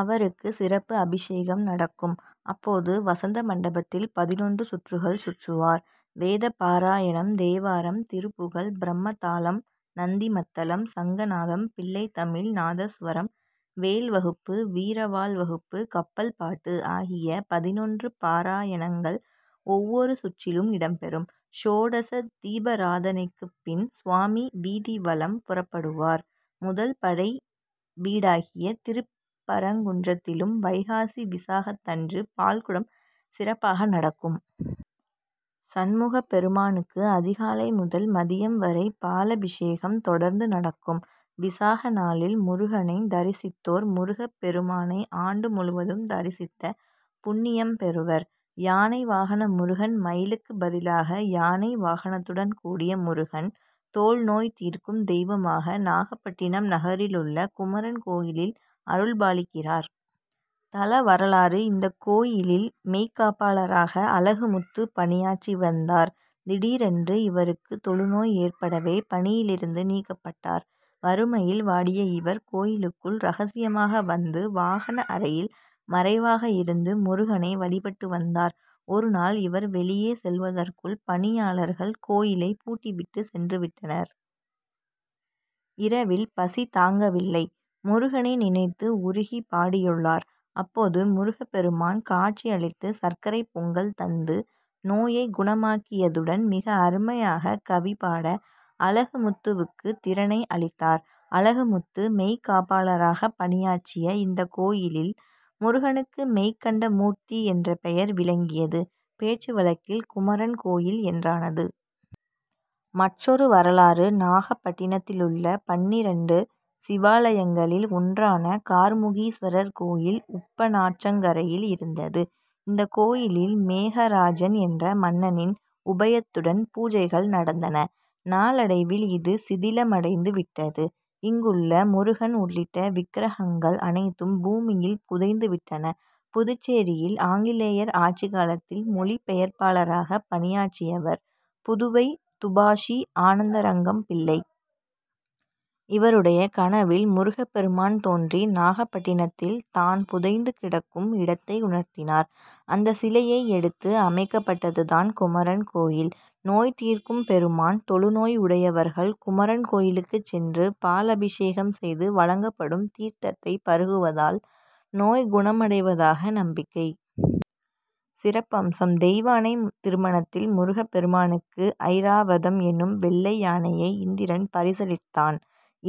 அவருக்கு சிறப்பு அபிஷேகம் நடக்கும். அப்போது வசந்தமண்டபத்தில் பதினொன்று சுற்றுகள் சுற்றுவார். வேதபாராயணம், தேவாரம், திருப்புகழ், பிரம்மதாளம், நந்திமத்தளம், சங்கநாதம், பிள்ளைத்தமிழ், நாதஸ்வரம், வேல்வகுப்பு, வீரவாள் வகுப்பு, கப்பல்பாட்டு ஆகிய பதினொன்று பாராயணங்கள் ஒவ்வொரு சுற்றிலும் இடம்பெறும். க்ஷோடச தீபராதனைக்குப்பின், சுவாமி வீதிவலம் புறப்படுவார். முதல்படைவீடாகிய திருப்பரங்குன்றத்திலும் வைகாசி விசாகத்தன்று பால்குடம் சிறப்பாக நடக்கும். சண்முகப்பெருமானுக்கு அதிகாலை முதல் மதியம் வரை பாலபிஷேகம் தொடர்ந்து நடக்கும். விசாகநாளில் முருகனைத் தரிசித்தோர் முருகப்பெருமானை ஆண்டு முழுவதும் தரிசித்த புண்ணியம் பெறுவர். யானை வாகன முருகன் மயிலுக்குப் பதிலாக யானை வாகனத்துடன் கூடிய முருகன், தோல் நோய் தீர்க்கும் தெய்வமாக நாகப்பட்டினம் நகரிலுள்ள குமரன் கோயிலில் அருள்பாலிக்கிறார். தல வரலாறு இந்தக் கோயிலில் மெய்க்காப்பாளராக அழகுமுத்து பணியாற்றி வந்தார். திடீரென்று இவருக்கு தொழுநோய் ஏற்படவே, பணியிலிருந்து நீக்கப் பட்டார். வறுமையில் வாடிய இவர், கோயிலுக்குள் ரகசியமாக வந்து, வாகன அறையில் மறைவாக இருந்து முருகனை வழிபட்டு வந்தார். ஒருநாள், இவர் வெளியே செல்வதற்குள், பணியாளர்கள் கோயிலை பூட்டிவிட்டு சென்றுவிட்டனர். இரவில் பசி தாங்கவில்லை. முருகனை நினைத்து உருகி பாடியுள்ளார். அப்போது முருகப்பெருமான் காட்சி அளித்து சர்க்கரை பொங்கல் தந்து, நோயைக் குணமாக்கியதுடன், மிக அருமையாக கவிபாட அழகுமுத்துவுக்கு திறனை அளித்தார். அழகுமுத்து மெய்க்காப்பாளராக பணியாற்றிய இந்தக் கோயிலில், முருகனுக்கு மெய்கண்டமூர்த்தி என்ற பெயர் விளங்கியது. பேச்சு வழக்கில் குமரன் கோயில் என்றானது. மற்றொரு வரலாறு நாகப்பட்டினத்திலுள்ள பன்னிரண்டு சிவாலயங்களில் ஒன்றான கார்முகீஸ்வரர் கோயில் உப்பனாற்றங்கரையில் இருந்தது. இந்த கோயிலில் மேகராஜன் என்ற மன்னனின் உபயத்துடன் பூஜைகள் நடந்தன. நாளடைவில் இது சிதிலமடைந்து விட்டது. இங்குள்ள முருகன் உள்ளிட்ட விக்ரகங்கள் அனைத்தும் பூமியில் புதைந்து விட்டன. புதுச்சேரியில் ஆங்கிலேயர் ஆட்சி காலத்தில் மொழி பெயர்ப்பாளராக பணியாற்றியவர் புதுவை துபாஷி ஆனந்தரங்கம்பிள்ளை. இவருடைய கனவில் முருகப்பெருமான் தோன்றி, நாகப்பட்டினத்ததில், தான் புதைந்து கிடக்கும் இடத்தை உணர்த்தினார். அந்த சிலையை எடுத்து அமைக்கப்பட்டது தான் குமரன் கோயில். நோய் தீர்க்கும் பெருமான் தோல்நோய் உடையவர்கள் குமரன் கோயிலுக்கு சென்று பால் அபிஷேகம் செய்து வழங்கப்படும் தீர்த்தத்தை பருகுவதால் நோய் குணமடைவதாக நம்பிக்கை. சிறப்பம்சம் தெய்வானை திருமணத்தில் முருகப் பெருமானுக்கு ஐராவதம் என்னும் வெள்ளை யானையை இந்திரன் பரிசளித் தான்,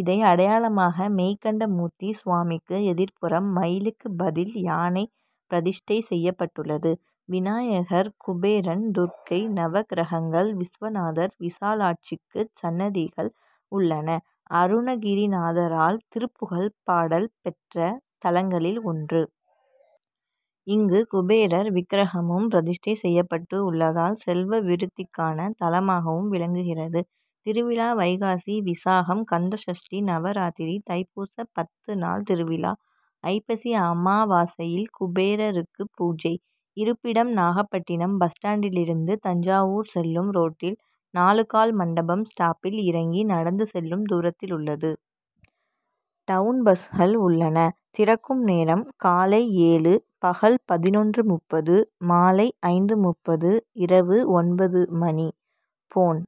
இதை அடையாளமாக மெய்கண்ட மூர்த்தி சுவாமிக்கு எதிர்ப்புறம், மயிலுக்கு பதில் யானை பிரதிஷ்டை செய்யப் பட்டுள்ளது. விநாயகர், குபேரன், துர்க்கை, நவக்கிரகங்கள், விஸ்வநாதர், விசாலாட்சிக்கு சன்னதிகள் உள்ளன. அருணகிரிநாதரால் திருப்புகழ் பாடல் பெற்ற தலங்களில் ஒன்று. இங்கு குபேரர் விக்ரகமும் பிரதிஷ்டை செய்யப் பட்டு உள்ளதால் செல்வவிருத்திக்கான தலமாகவும் விளங்குகிறது. திருவிழா வைகாசி விசாகம், கந்தசஷ்டி, நவராத்திரி, தைப்பூச பத்து நாள் திருவிழா, ஐப்பசி அமாவாசையில் குபேரருக்கு பூஜை. இருப்பிடம் நாகப்பட்டினம் பஸ் ஸ்டாண்டிலிருந்து தஞ்சாவூர் செல்லும் ரோட்டில் நாலுகால் மண்டபம் ஸ்டாப்பில் இறங்கி நடந்து செல்லும் தூரத்திலுள்ளது. டவுன் பஸ்கள் உள்ளன. திறக்கும் நேரம் காலை ஏழு- பகல் பதினொன்று.முப்பது, மாலை ஐந்து.முப்பது- இரவு ஒன்பது மணி. போன்,